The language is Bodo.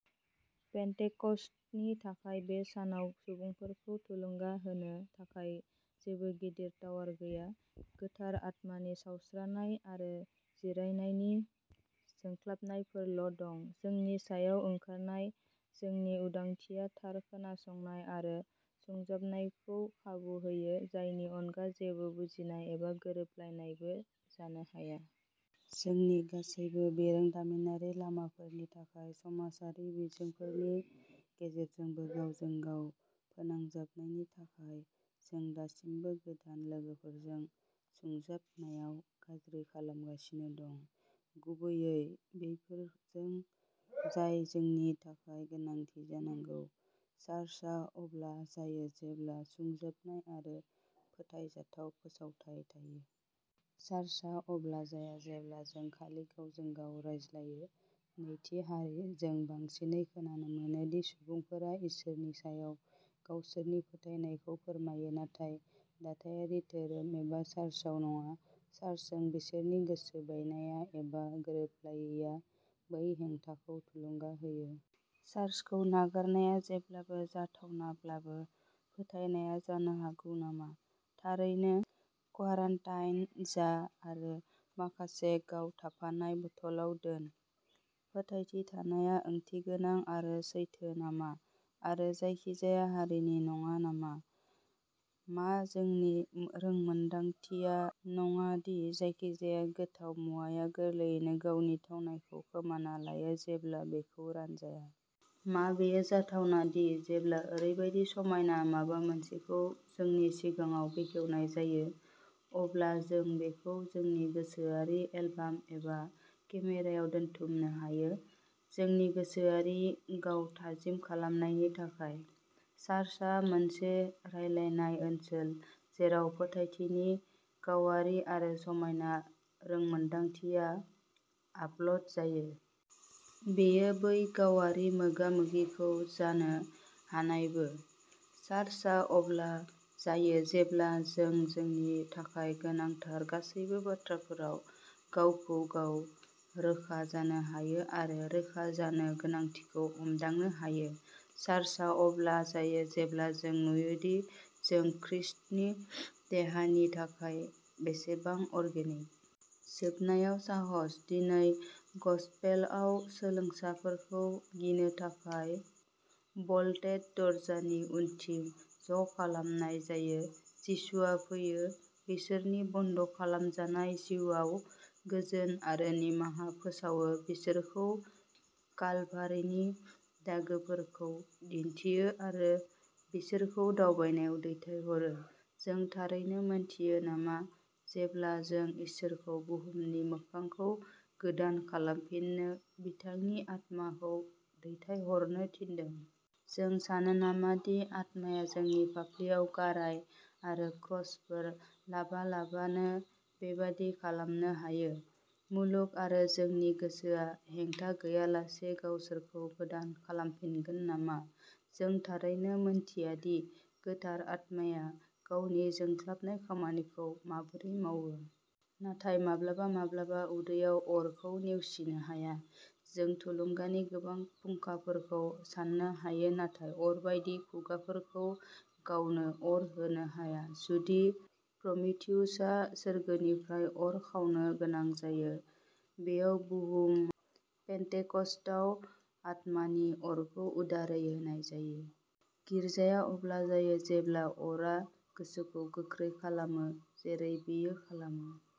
पेन्टेकस्टनि थाखाय बे सानाव सुबुंफोरखौ थुलुंगा होनो थाखाय जेबो गिदिर टावार गैया। गोथार आत्मानि गावस्रानाय आरो जिरायनायनि जोंख्लाबनायफोरल' दं। जोंनि सायाव ओंखारनाय जोंनि उदांथिया थार खोनासंनाय आरो सुंजाबनायखौ खाबु होयो। जायनि अनगा जेबो बुजिनाय एबा गोरोबलायनायबो जानो हाया। जोंनि गासैबो बिरोंदामिनारि लामाफोरनि थाखाय समाजारि बिजोंफोरनि गेजेरजोंबो गावजों गाव फोनांजाबनायनि थाखाय जों दासिमबो गोदान लोगोफोरजों सुंजाबनायाव गाज्रि खालामगासिनो दं। गुबैयै बैफोरजों जाय जोंनि थाखाय गोनांथि जानांगौ। चार्चआ अब्ला जायो जेब्ला सुंजाबनाय आरो फोथायजाथाव फोसावथाय थायो। चार्चआ अब्ला जाया जेब्ला जों खालि गावजों गाव रायज्लायो। नैथि हारि। जों बांसिनै खोनानो मोनो दि सुबुंफोरा इसोरनि सायाव गावसोरनि फोथायनायखौ फोरमायो नाथाय दाथायारि धोरोम एबा चार्चआव नङा। चार्चजों बिसोरनि गोसो बायनाया एबा गोरोबलायैया बै हेंथाखौ थुलुंगा होयो। चार्चखौ नागारनाया जेब्लाबो जाथावनाब्लाबो फोथायनाया जानो हागौ नामा? थारैनो क्वारान्टाइन जा आरो माखासे गाव थाफानाय बथलआव दोन? फोथायथि थानाया ओंथिगोनां आरो सैथो नामा आरो जायखिजाया हारिनि नङा नामा? मा जोंनि रोंमोनदांथिया नङा दि जायखिजाया गोथाव मुवाया गोरलैयैनो गावनि थावनायखौ खोमाना लायो जेब्ला बेखौ रानजाया? मा बेयो जाथावना दि जेब्ला ओरैबायदि समायना माबा मोनसेखौ जोंनि सिगाङाव बेखेवनाय जायो। अब्ला जों बेखौ जोंनि गोसोआरि एलबाम एबा केमेरायाव दोनथुमनो हायो जोंनि गोसोआरि गाव थाजिम खालामनायनि थाखाय? चार्चआ मोनसे रानलायनाय ओनसोल जेराव फोथायथिनि गावारि आरो समायना रोंमोनदांथिया आपल'ड जायो। बेयो बै गावारि मोगा-मोगिखौ जानो हानायबो। चार्चआ अब्ला जायो जेब्ला जों जोंनि थाखाय गोनांथार गासैबो बाथ्राफोराव गावखौ-गाव रोखा जानो आरो रोखा जानो गोनांथिखौ हमदांनो हायो। चार्चआ अब्ला जायो जेब्ला जों नुयोदि जों खृष्टनि देहानि थाखाय बेसेबां अर्गेनिक। जोबनायाव साहस। दिनै गसपेलआव सोलोंसाफोरखौ गिनो थाखाय ब'ल्टेड दरजानि उनथिं ज'खालामनाय जायो। जिसुआ फैयो। बिसोरनि बन्द' खालामजानाय जिउआव गोजोन आरो निमाहा फोसावो बिसोरखौ कालभारिनि दागोफोरखौ दिन्थियो आरो बिसोरखौ दावबायनायाव दैथायहरो। जों थारैनो मिनथियो नामा जेब्ला जों इसोरखौ बुहुमनि मोखांखौ गोदान खालामफिननो बिथांनि आत्माखौ दैथायहरनो थिनदों? जों सानो नामा दि आत्माया जोंनि फाफ्लियाव गाराय आरो क्रसफोर लाबालाबानो बेबादि खालामनो हायो? मुलुग आरो जोंनि गोसोआ हेंथा गैयालासे गावसोरखौ गोदान खालामफिनगोन नामा? जों थारैनो मिनथिया दि गोथार आत्माया गावनि जोंख्लाबनाय खामानिखौ माबोरै मावो। नाथाय माब्लाबा माब्लाबा उदैयाव अरखौ नेवसिनो हाया। जों थुलुंगानि गोबां फुंखाफोरखौ साननो हायो। नाथाय अर बायदि खुगाफोरखौ गावनो अर होनो हाया। जुदि प्रमिथिउसआ सोरगोनिफ्राय अर खावनो गोनां जायो। बेयाव बुहुम पेन्टेकस्टआव आत्मानि अरखौ उदारै होनाय जायो। गिर्जा अब्ला जायो जेब्ला अरआ गोसोखौ गोख्रै खालामो जेरै बेयो खालामो।